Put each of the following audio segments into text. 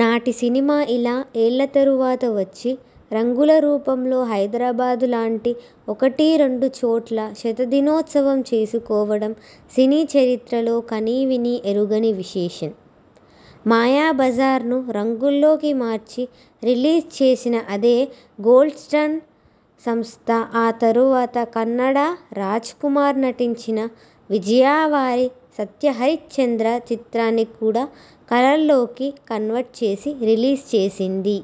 నాటి సినిమా ఇలా ఏళ్ళ తరువాత వచ్చి, రంగుల రూపంలో హైదరాబాద్ లాంటి ఒకటి రెండు చోట్ల శతదినోత్సవం చేసుకోవడం సినీ చరిత్రలో కనీవినీ ఎరుగని విశేషం. 'మాయాబజార్'ను రంగుల్లోకి మార్చి, రిలీజ్ చేసిన అదే గోల్డ్స్టోన్ సంస్థ ఆ తరువాత కన్నడ రాజ్ కుమార్ నటించిన విజయా వారి 'సత్యహరిశ్చంద్ర' చిత్రాన్ని కూడా కలర్లోకి కన్వర్ట్ చేసి, రిలీజ్ చేసింది.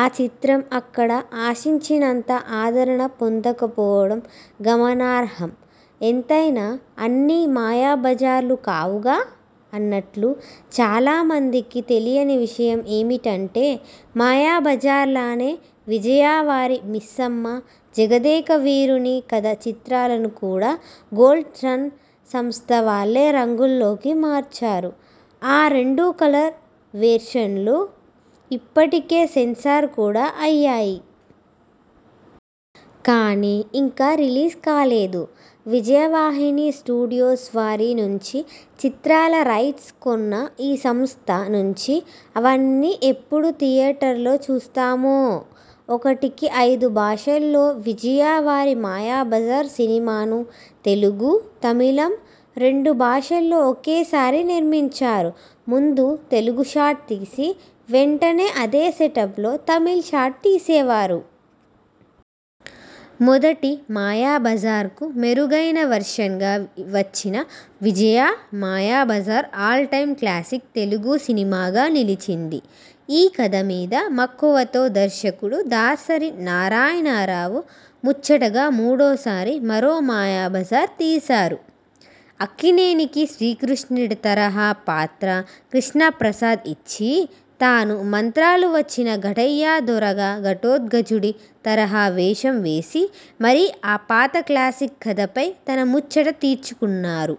ఆ చిత్రం అక్కడ ఆశించినంత ఆదరణ పొందకపోవడం గమనార్హం. ఎంతైనా, అన్నీ 'మాయాబజార్'లు కావుగా! అన్నట్లు, చాలామందికి తెలియని విషయం ఏమిటంటే, మాయాబజార్ లానే విజయా వారి మిస్సమ్మ, జగదేకవీరుని కథ చిత్రాలను కూడా గోల్డ్స్టోన్ సంస్థ వాళ్ళే రంగుల్లోకి మార్చారు. ఆ రెండు కలర్ వెర్షన్లూ ఇప్పటికే సెన్సార్ కూడా అయ్యాయి. కానీ, ఇంకా రిలీజ్ కాలేదు. విజయ వాహినీ స్టూడియోస్ వారి నుంచి చిత్రాల రైట్స్ కొన్న ఈ సంస్థ నుంచి అవన్నీ ఎప్పుడు థియేటర్లలో చూస్తామో! ఒకటికి అయిదు భాషల్లో విజయ వారు మాయాబజార్ సినిమాను తెలుగు, తమిళం రెండు భాషల్లో ఒకేసారి నిర్మించారు. ముందు తెలుగు షాట్ తీసి, వెంటనే అదే సెటప్ లో తమిళ షాట్ తీసేవారు. మొదటి మాయాబజార్కు మెరుగైన వెర్షన్ గా వచ్చిన Vijaya Mayabazar all time classic Telugu సినిమాగా నిలిచింది. ఈ కథ మీద మక్కువతో దర్శకుడు దాసరి నారాయణరావు ముచ్చటగా మూడోసారి మరో మాయాబజార్ తీశారు.. అక్కినేనికి శ్రీకృష్ణుడి తరహా పాత్ర కృష్ణప్రసాద్ ఇచ్చి, తాను మంత్రాలు వచ్చిన ఘట్టయ్యదొరగా ఘటోత్కచుడి తరహా వేషం వేసి మరీ ఆ పాత క్లాసిక్ కథపై తన ముచ్చట తీర్చుకున్నారు.